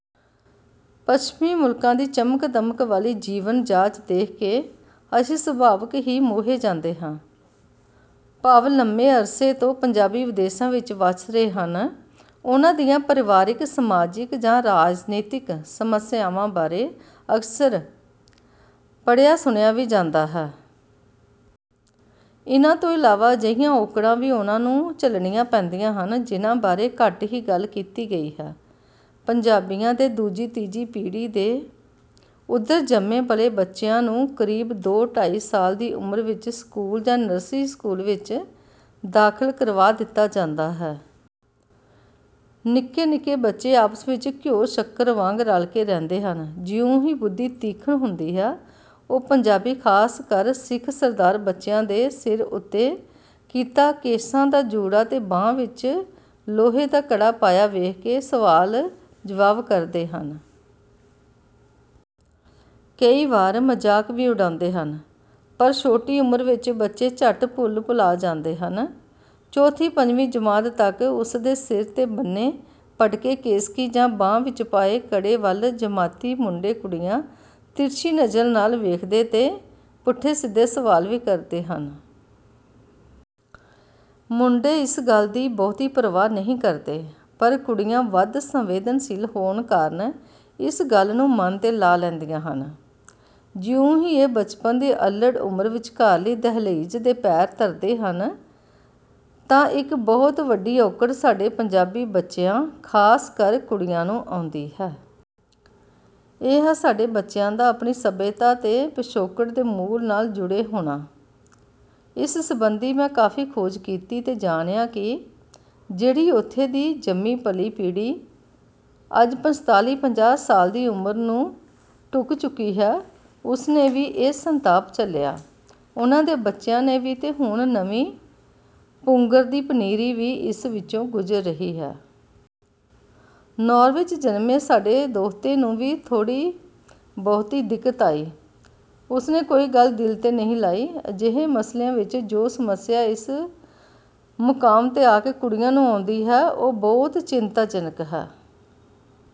ਪੱਛਮੀ ਮੁਲਕਾਂ ਦੀ ਚਮਕ-ਦਮਕ ਵਾਲੀ ਜੀਵਨ ਜਾਚ ਦੇਖ ਕੇ ਅਸੀਂ ਸੁਭਾਵਿਕ ਹੀ ਮੋਹੇ ਜਾਂਦੇ ਹਾਂ। ਭਾਵੇਂ ਲੰਮੇ ਅਰਸੇ ਤੋਂ ਪੰਜਾਬੀ ਵਿਦੇਸ਼ਾਂ ਵਿੱਚ ਵਸ ਰਹੇ ਹਨ। ਉਨ੍ਹਾਂ ਦੀਆਂ ਪਰਿਵਾਰਕ, ਸਮਾਜਿਕ ਜਾਂ ਰਾਜਨੀਤਕ ਸਮੱਸਿਆਵਾਂ ਬਾਰੇ ਅਕਸਰ ਪੜਿ੍ਹਆ-ਸੁਣਿਆ ਵੀ ਜਾਂਦਾ ਹੈ। ਇਨ੍ਹਾਂ ਤੋਂ ਇਲਾਵਾ ਅਜਿਹੀਆਂ ਔਕੜਾਂ ਵੀ ਉਨ੍ਹਾਂ ਨੂੰ ਝੱਲਣੀਆਂ ਪੈਂਦੀਆਂ ਹਨ ਜਿਨ੍ਹਾਂ ਬਾਰੇ ਘੱਟ ਹੀ ਗੱਲ ਕੀਤੀ ਗਈ ਹੈ। ਪੰਜਾਬੀਆਂ ਦੇ ਦੂਜੀ-ਤੀਜੀ ਪੀੜ੍ਹੀ ਦੇ ਉੱਧਰ ਜੰਮੇ-ਪਲੇ ਬੱਚਿਆਂ ਨੂੰ ਕਰੀਬ ਦੋ-ਢਾਈ ਸਾਲ ਦੀ ਉਮਰ ਵਿੱਚ ਸਕੂਲ ਜਾਂ ਨਰਸਰੀ ਸਕੂਲ ਵਿੱਚ ਦਾਖਲ ਕਰਵਾ ਦਿੱਤਾ ਜਾਂਦਾ ਹੈ। ਨਿੱਕੇ-ਨਿੱਕੇ ਬੱਚੇ ਆਪਸ ਵਿੱਚ ਘਿਓ ਸ਼ੱਕਰ ਵਾਂਗ ਰਲਕੇ ਰਹਿੰਦੇ ਹਨ। ਜਿਉਂ ਹੀ ਬੁੱਧੀ ਤੀਖਣ ਹੁੰਦੀ ਹੈ ਉਹ ਪੰਜਾਬੀ ਖ਼ਾਸ ਕਰ ਸਿੱਖ ਸਰਦਾਰ ਬੱਚਿਆਂ ਦੇ ਸਿਰ ਉੱਤੇ ਕੀਤਾ ਕੇਸਾਂ ਦਾ ਜੂੜਾ ਤੇ ਬਾਂਹ ਵਿੱਚ ਲੋਹੇ ਦਾ ਕੜਾ ਪਾਇਆ ਦੇਖ ਕੇ ਸਵਾਲ-ਜਵਾਬ ਕਰਦੇ ਹਨ। ਕਈ ਵਾਰ ਮਜ਼ਾਕ ਵੀ ਉਡਾਉਂਦੇ ਹਨ, ਪਰ ਛੋਟੀ ਉਮਰ ਵਿੱਚ ਬੱਚੇ ਝੱਟ ਭੁੱਲ-ਭੁਲਾ ਜਾਂਦੇ ਹਨ। ਚੌਥੀ-ਪੰਜਵੀਂ ਜਮਾਤ ਤੱਕ ਉਸ ਦੇ ਸਿਰ 'ਤੇ ਬੰਨ੍ਹੇ ਪਟਕੇ ਕੇਸਕੀ ਜਾਂ ਬਾਂਹ ਵਿੱਚ ਪਾਏ ਕੜੇ ਵੱਲ ਜਮਾਤੀ ਮੁੰਡੇ-ਕੁੜੀਆਂ ਤਿਰਛੀ ਨਜ਼ਰ ਨਾਲ ਦੇਖਦੇ ਤੇ ਪੁੱਠੇ-ਸਿੱਧੇ ਸਵਾਲ ਵੀ ਕਰਦੇ ਹਨ। ਮੁੰਡੇ ਇਸ ਦੀ ਬਹੁਤੀ ਪਰਵਾਹ ਨਹੀਂ ਕਰਦੇ, ਪਰ ਕੁੜੀਆਂ ਵੱਧ ਸੰਵੇਦਨਸ਼ੀਲ ਹੋਣ ਕਾਰਨ ਇਸ ਗੱਲ ਨੂੰ ਮਨ 'ਤੇ ਲਾ ਲੈਂਦੀਆਂ ਹਨ। ਜਿਉਂ ਹੀ ਇਹ ਬਚਪਨ ਤੇ ਅੱਲੜ੍ਹ ਉਮਰ ਵਿਚਕਾਰਲੀ ਦਹਿਲੀਜ਼ 'ਤੇ ਪੈਰ ਧਰਦੇ ਹਨ ਤਾਂ ਇੱਕ ਬਹੁਤ ਵੱਡੀ ਔਕੜ ਸਾਡੇ ਪੰਜਾਬੀ ਬੱਚਿਆਂ ਖ਼ਾਸ ਕਰ ਕੁੜੀਆਂ ਨੂੰ ਆਉਂਦੀ ਹੈ। ਇਹ ਹੈ ਸਾਡੇ ਬੱਚਿਆਂ ਦਾ ਆਪਣੀ ਸੱਭਿਅਤਾ ਤੇ ਪਿਛੋਕੜ ਦੇ ਮੂਲ ਨਾਲ ਜੁੜੇ ਹੋਣਾ। ਇਸ ਸਬੰਧੀ ਮੈਂ ਕਾਫ਼ੀ ਖੋਜ ਕੀਤੀ ਤੇ ਜਾਣਿਆ ਕਿ ਜਿਹੜੀ ਉੱਥੇ ਦੀ ਜੰਮੀ ਪਲੀ ਪੀੜ੍ਹੀ, ਅੱਜ ਪੰਝਤਾਲੀ-ਪੰਜਾਹ ਸਾਲ ਦੀ ਉਮਰ ਨੂੰ ਢੁੱਕ ਚੁੱਕੀ ਹੈ, ਉਸ ਨੇ ਵੀ ਇਹ ਸੰਤਾਪ ਝੱਲਿਆ, ਉਨ੍ਹਾਂ ਦੇ ਬੱਚਿਆਂ ਨੇ ਵੀ ਤੇ ਹੁਣ ਨਵੀਂ ਪੁੰਗਰਦੀਪਨੀਰੀ ਵੀ ਇਸ ਵਿੱਚੋਂ ਗੁਜ਼ਰ ਰਹੀ ਹੈ। ਨੌਰਵੇ 'ਚ ਜਨਮੇ ਸਾਡੇ ਦੋਹਤੇ ਨੂੰ ਵੀ ਥੋੜ੍ਹੀ ਬਹੁਤੀ ਦਿੱਕਤ ਆਈ। ਉਸ ਨੇ ਕੋਈ ਗੱਲ ਦਿਲ 'ਤੇ ਨਹੀਂ ਲਾਈ। ਅਜਿਹੇ ਮਸਲਿਆਂ ਵਿੱਚ ਜੋ ਸਮੱਸਿਆ ਇਸ ਮੁਕਾਮ 'ਤੇ ਆ ਕੇ ਕੁੜੀਆਂ ਨੂੰ ਆਉਂਦੀ ਹੈ ਉਹ ਬਹੁਤ ਹੀ ਚਿੰਤਾਜਨਕ ਹੈ।